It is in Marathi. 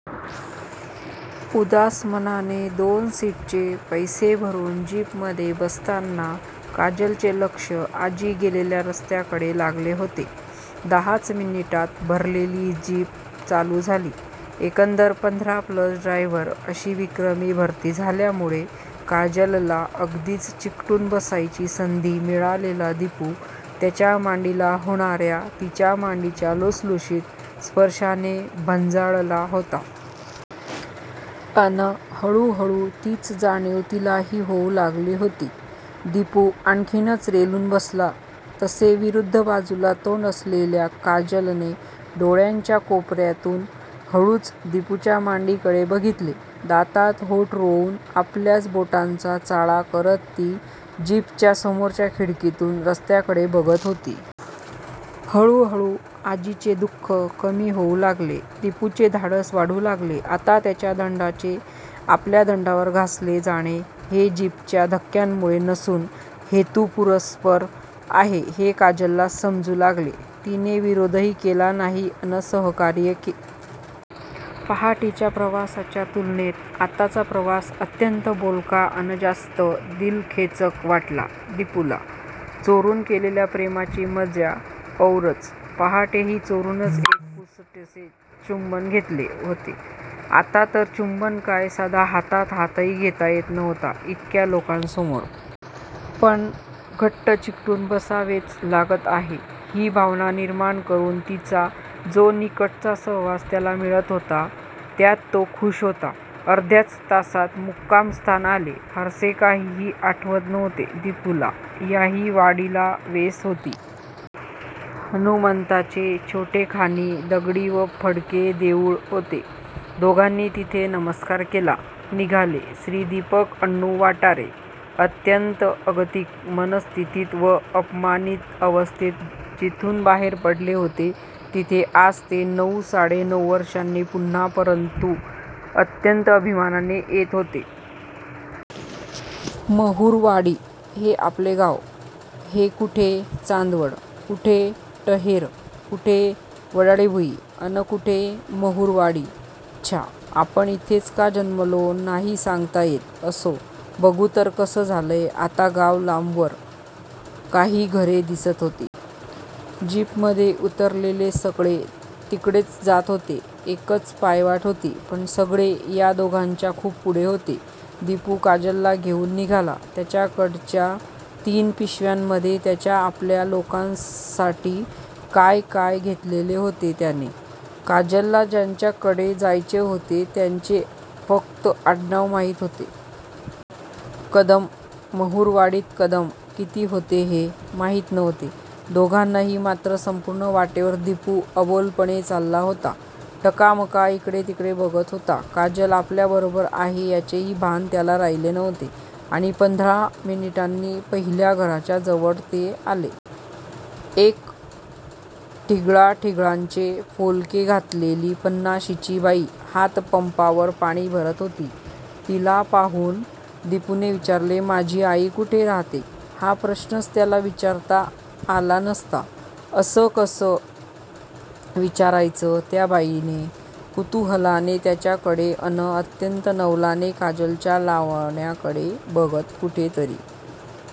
उदास मनाने दोन सीटचे पैसे भरून जीपमधे बसताना काजलचे लक्ष आजी गेलेल्या रस्त्याकडे लागले होते. दहाच मिनिटात भरलेली जीप चालू झाली. एकंदर पंधरा प्लस ड्रायव्हर अशी विक्रमी भरती झाल्यामुळे काजलला अगदीच चिकटून बसायची संधी मिळालेला दिपू त्याच्या मांडीला होणार्या तिच्या मांडीच्या लुसलुशीत स्पर्शाने भंजाळला होता. अन हळूहळू तीच जाणीव तिलाही होऊ लागली होती. दिपू आणखीनच रेलून बसला तसे विरुद्ध बाजूला तोंड असलेल्या काजलने डोळ्यांच्या कोपर्यातून हळूच दिपूच्या मांडीकडे बघितले. दातात ओठ रोवून आपल्याच बोटांचा चाळा करत ती जीपच्या समोरच्या खिडकीतून रस्त्याकडे बघत होती. हळूहळू आजीचे दु:ख कमी होऊ लागले. दिपूचे धाडस वाढू लागले. आता त्याच्या दंडाचे आपल्या दंडावर घासले जाणे हे जीपच्या धक्क्यांमुळे नसून हेतूपुरस्पर आहे हे काजलला समजू लागले. तिने विरोधही केला नाही अन सहकार्यही! पहाटेच्या प्रवासाच्या तुलनेत आत्ताचा प्रवास अत्यंत बोलका अन जास्त दिलखेचक वाटला दिपूला. चोरून केलेल्या प्रेमाची मजा औरच! पहाटेही चोरूनच एक पुसटसे चुंबन घेतले होते. आत्ता तर चुंबन काय, साधा हातात हातही घेता येत नव्हता इतक्या लोकांसमोर! पण घट्ट चिकटून 'बसावेच लागत आहे' ही भावना निर्माण करून तिचा जो निकटचा सहवास त्याला मिळत होता त्यात तो खुष होता. अर्ध्याच तासात मुक्कामस्थान आले. फारसे काहीही आठवत नव्हते दिपूला. याही वाडीला वेस होती. हनुमंताचे छोटेखानी दगडी व पडके देऊळ होते. दोघांनी तिथे नमस्कार केला. निघाले. श्री. दीपक अण्णू वाठारे अत्यंत अगतिक मनस्थितीत व अपमानीत अवस्थेत जिथून बाहेर पडले होते तिथे आज ते नऊ, साडे नऊ वर्षांनी पुन्हा परंतू अत्यंत अभिमानाने येत होते. महुरवाडी! हे आपले गाव? हे? कुठे चांदवड, कुठे टहेरं! कुठे वडाळी भुई! अन कुठे महुरवाडी! छ्या! आपण इथेच का जन्मलो? नाही सांगता येत! असो. बघू तर कसं झालंय आता गाव? लांबवर काही घरे दिसत होती. जीपमधून उतरलेले सगळे तिकडेच जात होते. एकच पायवाट होती. पण सगळे या दोघांच्या खूप पुढे होते. दिपू काजलला घेऊन निघाला. त्याच्याकडच्या तीन पिशव्यांमधे त्याच्या 'आपल्या' लोकांसाठी काय काय घेतलेले होते त्याने. काजलला ज्यांच्याकडे जायचे होते त्यांचे फक्त आडनाव माहीत होते. कदम! महुरवाडीत कदम किती होते हे माहीत नव्हते दोघांनाही! मात्र, संपूर्ण वाटेवर दिपू अबोलपणे चालला होता. टकामका इकडे तिकडे बघत होता. काजल आपल्याबरोबर आहे याचेही भान त्याला राहिले नव्हते. आणि पंधरा मिनिटांनी पहिल्या घराच्या जवळ ते आले. एक ठिगळाठिगळांचे पोलके घातलेली पन्नाशीची बाई हातपंपावर पाणी भरत होती. तिला पाहून दिपूने विचारले. 'माझी आई कुठे राहते'! हा प्रश्नच त्याला विचारता आला नसता. असं कसं विचारायचं? त्या बाईने कुतुहलाने त्याच्याकडे अन अत्यंत नवलाने काजलच्या लावण्याकडे बघत कुठेतरी